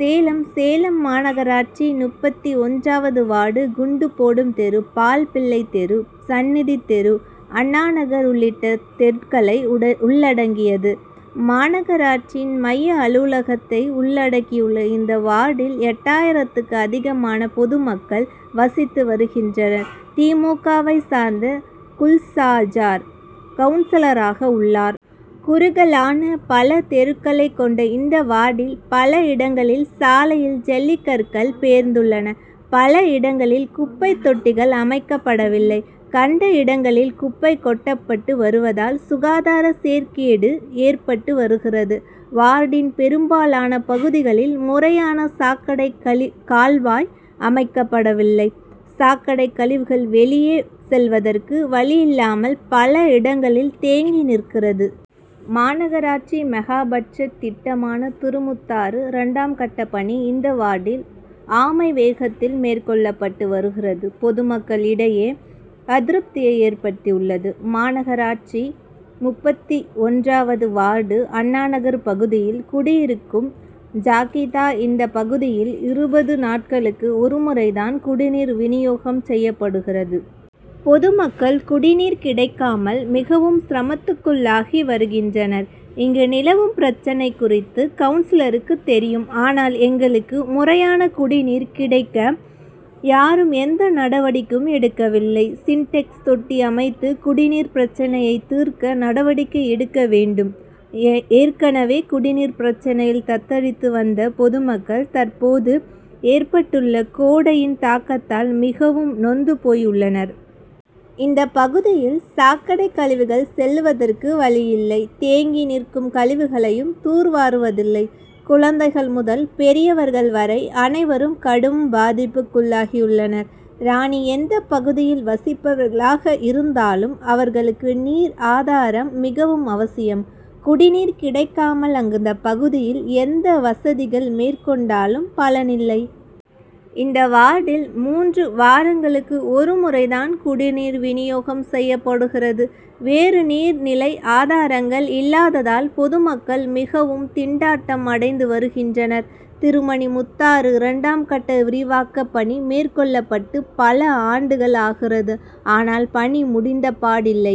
சேலம் சேலம் மாநகராட்சி முப்பத்தி ஒன்றாவது வார்டு குண்டு போடும் தெரு பால்பிள்ளை தெரு சன்னதி தெரு அண்ணாநகர் உள்ளிட்ட தெருக்களை உள்ளடக்கியது. மாநகராட்சியின் மைய அலுவலகத்தை உள்ளடக்கியுள்ள இந்த வார்டில் எட்டாயிரத்துக்கும் அதிகமான பொதுமக்கள் வசித்து வருகின்றனர். தி. மு. க.வை சேர்ந்த குல்ஜார் கவுன்சிலராக உள்ளார். குறுகலான பல தெருக்களை கொண்ட இந்த வார்டில் பல இடங்களில் சாலையில் ஜல்லிக்கற்கள் பெயர்ந்துள்ளன. பல இடங்களில் குப்பை தொட்டிகள் அமைக்கப்படவில்லை. கண்ட இடங்களில் குப்பைகள் கொட்டப்பட்டு வருவதால் சுகாதார சீர்கேடு ஏற்பட்டு வருகிறது. வார்டின் பெரும்பாலான பகுதிகளில் முறையான சாக்கடை கால்வாய் அமைக்கப்படவில்லை. சாக்கடை கழிவுகள் வெளியே செல்வதற்கு வழியில்லாமல் பல இடங்களில் தேங்கி நிற்கிறது. மாநகராட்சி மெகாபட்ஜெட் திட்டமான திருமணி முத்தாறு இரண்டாம் கட்ட பணி இந்த வார்டில் ஆமை வேகத்தில் மேற்கொள்ளப்பட்டு வருவது பொதுமக்கள் இடையே அதிருப்தியை ஏற்படுத்தியுள்ளது. மாநகராட்சி முப்பத்தி ஒன்றாவது வார்டு அண்ணாநகர் பகுதியில் குடியிருக்கும் ஜாகிதா இந்த பகுதியில் இருபது நாட்களுக்கு ஒரு முறை தான் குடிநீர் விநியோகம் செய்யப்படுகிறது. பொதுமக்கள் குடிநீர் கிடைக்காமல் மிகவும் சிரமத்துக்குள்ளாகி வருகின்றனர். இங்கு நிலவும் பிரச்னை குறித்து கவுன்சிலருக்கும் தெரியும். ஆனால் எங்களுக்கு முறையான குடிநீர் கிடைக்க யாரும் எந்த நடவடிக்கையும் எடுக்கவில்லை. சின்டெக்ஸ் தொட்டி அமைத்து குடிநீர் பிரச்னையை தீர்க்க நடவடிக்கை எடுக்க வேண்டும். ஏற்கனவே குடிநீர் பிரச்னையில் தத்தளித்து வந்த பொதுமக்கள் தற்போது ஏற்பட்டுள்ள கோடையின் தாக்கத்தால் மிகவும் நொந்து போயுள்ளனர். இந்த பகுதியில் சாக்கடை கழிவுகள் செல்வதற்கு வழியில்லை. தேங்கி நிற்கும் கழிவுகளையும் தூர்வாருவதில்லை. குழந்தைகள் முதல் பெரியவர்கள் வரை அனைவரும் கடும் பாதிப்புக்குள்ளாகியுள்ளனர். ராணி எந்த பகுதியில் வசிப்பவர்களாக இருந்தாலும் அவர்களுக்கு நீர் ஆதாரம் மிகவும் அவசியம். குடிநீர் கிடைக்காமல் அந்த பகுதியில் எந்த வசதிகள் மேற்கொண்டாலும் பலன் இல்லை. இந்த வார்டில் மூன்று வாரங்களுக்கு ஒரு முறை தான் குடிநீர் விநியோகம் செய்யப்படுகிறது. வேறு நீர் நிலை ஆதாரங்கள் இல்லாததால் பொதுமக்கள் மிகவும் திண்டாட்டம் அடைந்து வருகின்றனர். திருமணி முத்தாறு இரண்டாம் கட்ட விரிவாக்க பணி மேற்கொள்ளப்பட்டு பல ஆண்டுகள் ஆகிறது. ஆனால் பணிகள் முடித்தப்பாடில்லை.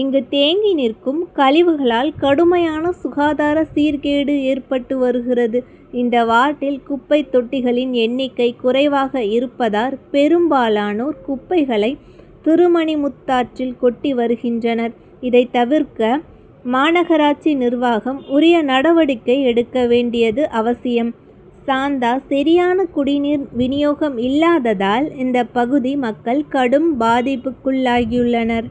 இங்கு தேங்கி நிற்கும் கழிவுகளால் கடுமையான சுகாதார சீர்கேடு ஏற்பட்டு வருகிறது. இந்த வார்டில் குப்பை தொட்டிகளின் எண்ணிக்கை குறைவாக இருப்பதால் பெரும்பாலோனோர் குப்பைகளை திருமணி முத்தாற்றில் கொட்டி வருகின்றனர். இதை தவிர்க்க மாநகராட்சி நிர்வாகம் உரிய நடவடிக்கை எடுக்க வேண்டியது அவசியம். சாந்தா சரியான குடிநீர் விநியோகம் இல்லாததால் இந்த பகுதி மக்கள் கடும் பாதிப்புக்குள்ளாகியுள்ளனர்.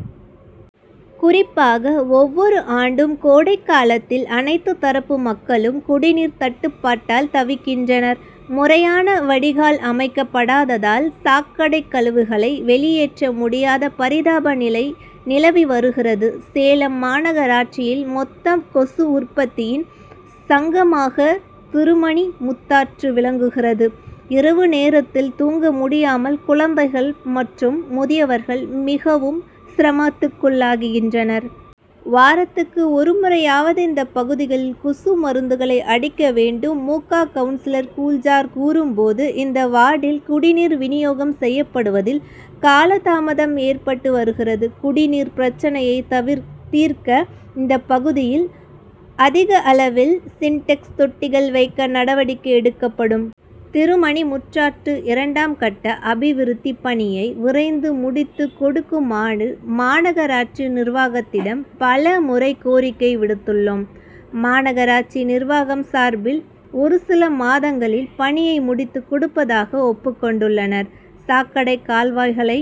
குறிப்பாக ஒவ்வொரு ஆண்டும் கோடை காலத்தில் அனைத்து தரப்பு மக்களும் குடிநீர் தட்டுப்பாட்டால் தவிக்கின்றனர். முறையான வடிகால் அமைக்கப்படாததால் சாக்கடை கழிவுகளை வெளியேற்ற முடியாத பரிதாப நிலை நிலவி வருகிறது. சேலம் மாநகராட்சியில் மொத்த கொசு உற்பத்தியில் சங்கமமாக திருமணி முத்தாறு விளங்குகிறது. இரவு நேரத்தில் தூங்க முடியாமல் குழந்தைகள் மற்றும் முதியவர்கள் மிகவும் சிரமத்துக்குள்ளாகின்றனர். வாரத்துக்கு ஒரு முறையாவது இந்த பகுதியில் கொசு மருந்துகளை அடிக்க வேண்டும். மு. க. கவுன்சிலர் குல்ஜார் கூறும்போது இந்த வார்டில் குடிநீர் விநியோகம் செய்யப்படுவதில் காலதாமதம் ஏற்பட்டு வருகிறது. குடிநீர் பிரச்னையை தீர்க்க இந்த பகுதியில் அதிகளவில் சின்டெக்ஸ் தொட்டிகள் வைக்க நடவடிக்கை எடுக்கப்படும். திருமணி முத்தாறு இரண்டாம் கட்ட அபிவிருத்தி பணியை விரைந்து முடித்து கொடுக்குமாறு மாநகராட்சி நிர்வாகத்திடம் பல முறை கோரிக்கை விடுத்துள்ளோம். மாநகராட்சி நிர்வாகம் சார்பில் ஒரு சில மாதங்களில் பணியை முடித்து கொடுப்பதாக ஒப்புக்கொண்டுள்ளனர். சாக்கடை கால்வாய்களை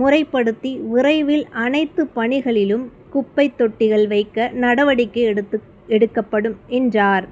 முறைப்படுத்தி விரைவில் அனைத்து பகுதிகளிலும் குப்பை தொட்டிகள் வைக்க நடவடிக்கை எடுக்கப்படும் என்றார்.